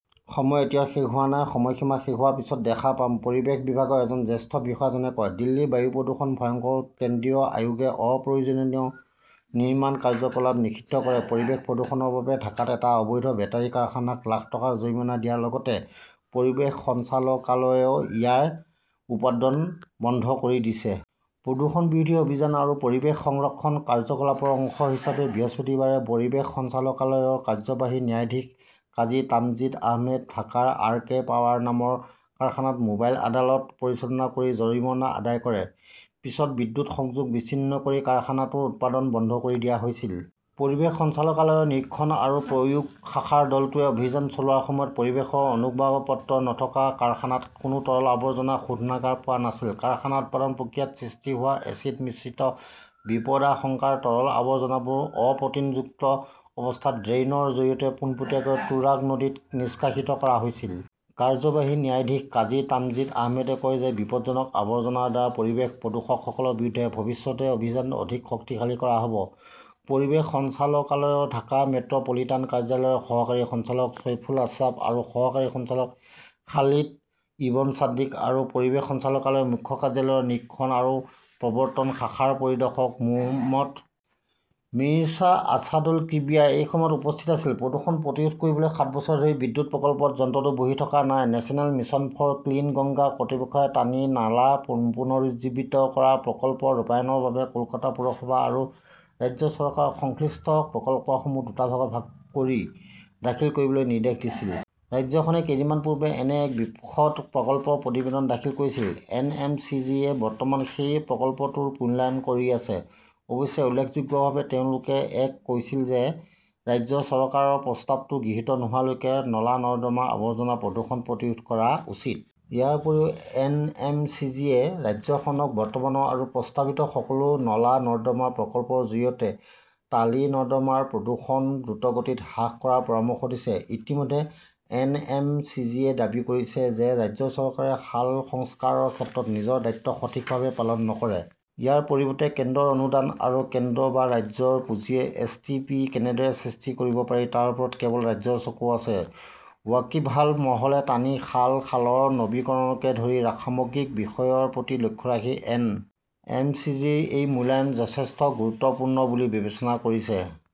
"সময় এতিয়াও শেষ হোৱা নাই। সময়সীমা শেষ হোৱাৰ পিছত দেখা পাম ", পৰিৱেশ বিভাগৰ এজন জ্যেষ্ঠ বিষয়াজনে কয়। দিল্লীৰ বায়ু প্ৰদূষণ ভয়ংকৰ, কেন্দ্ৰীয় আয়োগে অপ্ৰয়োজনীয় নিৰ্মাণ কাৰ্যকলাপ নিষিদ্ধ কৰে পৰিৱেশ প্ৰদূষণৰ বাবে ঢাকাত এটা অবৈধ বেটাৰী কাৰখানাক লাখ টকাৰ জৰিমনা দিয়াৰ লগতে পৰিৱেশ সঞ্চালকালয়ই ইয়াৰ উৎপাদন বন্ধ কৰি দিছে। প্ৰদূষণ বিৰোধী অভিযান আৰু পৰিৱেশ সংৰক্ষণ কাৰ্যকলাপৰ অংশ হিচাপে বৃহস্পতিবাৰে পৰিৱেশ সঞ্চালকালয়ৰ কাৰ্যবাহী ন্যায়াধীশ কাজী তামজিদ আহমেদে ঢাকাৰ আৰ. কে. পাৱাৰ নামৰ কাৰখানাত মোবাইল আদালত পৰিচালনা কৰি জৰিমনা আদায় কৰে। পিছত বিদ্যুৎ সংযোগ বিচ্ছিন্ন কৰি কাৰখানাটোৰ উৎপাদন বন্ধ কৰি দিয়া হৈছিল। পৰিৱেশ সঞ্চালকালয়ৰ নিৰীক্ষণ আৰু প্ৰয়োগ শাখাৰ দলটোৱে অভিযান চলোৱাৰ সময়ত পৰিৱেশৰ অনুজ্ঞাপত্ৰ নথকা কাৰখানাত কোনো তৰল আৱৰ্জনা শোধনাগাৰ পোৱা নাছিল। কাৰখানাৰ উৎপাদন প্ৰক্ৰিয়াত সৃষ্টি হোৱা এচিড-মিশ্ৰিত বিপদাশংকাৰ তৰল আৱৰ্জনাবোৰ অপতৃণযুক্ত অৱস্থাত ড্ৰেইনৰ জৰিয়তে পোনপটীয়াকৈ তুৰাগ নদীত নিষ্কাশিত কৰা হৈছিল। কাৰ্যবাহী ন্যায়াধীশ কাজী তামজিদ আহমেদে কয় যে বিপদজনক আৱৰ্জনাৰ দ্বাৰা পৰিৱেশ প্ৰদূষকসকলৰ বিৰুদ্ধে ভৱিষ্যতে অভিযান অধিক শক্তিশালী কৰা হ 'ব। পৰিৱেশ সঞ্চালকালয়ৰ ঢাকা মেট্ৰ 'পলিটান কাৰ্যালয়ৰ সহকাৰী সঞ্চালক চৈফুল আশ্ৰাব আৰু সহকাৰী সঞ্চালক খালিদ ইবন ছাদিক আৰু পৰিৱেশ সঞ্চালকালয়ৰ মুখ্য কাৰ্যালয়ৰ নিৰীক্ষণ আৰু প্ৰবৰ্ত্তন শাখাৰ পৰিদৰ্শক মো. মিৰ্জা আছাদুল কিব্ৰিয়াই এই সময়ত উপস্থিত আছিল। প্ৰদূষণ প্ৰতিৰোধ কৰিবলৈ সাত বছৰ ধৰি বিদ্যুৎ প্ৰকল্পত যন্ত্ৰটো বহি থকা নাই 'National Mission for Clean Ganga " কৰ্তৃপক্ষই টালি নালা পুনৰুজ্জীৱিত কৰা প্ৰকল্প ৰূপায়ণৰ বাবে কলকাতা পৌৰসভা আৰু ৰাজ্য চৰকাৰক সংশ্লিষ্ট প্ৰকল্পসমূহ দুটা ভাগত ভাগ কৰি দাখিল কৰিবলৈ নিৰ্দেশ দিছিল। ৰাজ্যখনে কেইদিনমান পূৰ্বে এনে এক বিশদ প্ৰকল্প প্ৰতিবেদন দাখিল কৰিছিল। এন. এম. চি. জি. -য়ে বৰ্তমান সেই প্ৰকল্পটোৰ মূল্যায়ন কৰি আছে। অৱশ্যে, উল্লেখযোগ্যভাৱে তেওঁলোকে এ-ক কৈছিল যে ৰাজ্য চৰকাৰে প্ৰস্তাৱটো গৃহীত নোহোৱালৈকে নলা-নৰ্দমাৰ আৱৰ্জনা-প্ৰদূষণ প্ৰতিৰোধ কৰা উচিত। ইয়াৰ উপৰিও এন. এম. চি. জি. -য়ে ৰাজ্যখনক বৰ্তমানৰ আৰু প্ৰস্তাৱিত সকলো নলা-নৰ্দমা প্ৰকল্প -ৰ জৰিয়তে টালি নৰ্দমাৰ প্ৰদূষণ দ্ৰুতগতিত হ্ৰাস কৰাৰ পৰামৰ্শ দিছে। ইতিমধ্যে, এন. এম. চি. জি. -য়ে দাবী কৰিছে যে ৰাজ্য চৰকাৰে খাল সংস্কাৰৰ ক্ষেত্ৰত নিজৰ দায়িত্ব সঠিকভাৱে পালন নকৰে। ইয়াৰ পৰিৱৰ্তে, কেন্দ্ৰৰ অনুদান আৰু কেন্দ্ৰ বা ৰাজ্যৰ পুঁজিৰে এছ. টি. পি. কেনেদৰে সৃষ্টি কৰিব পাৰি তাৰ ওপৰত কেৱল 'ৰাজ্যৰ "চকু আছে। ৱাকিবহাল মহলে টালি খাল, খালৰ নৱীকৰণকে ধৰি সামগ্ৰিক বিষয়ৰ প্ৰতি লক্ষ্য ৰাখি এন. এম. চি. জি. -ৰ এই মূল্যায়ন যথেষ্ট 'গুৰুত্বপূৰ্ণ "বুলি বিবেচনা কৰিছে।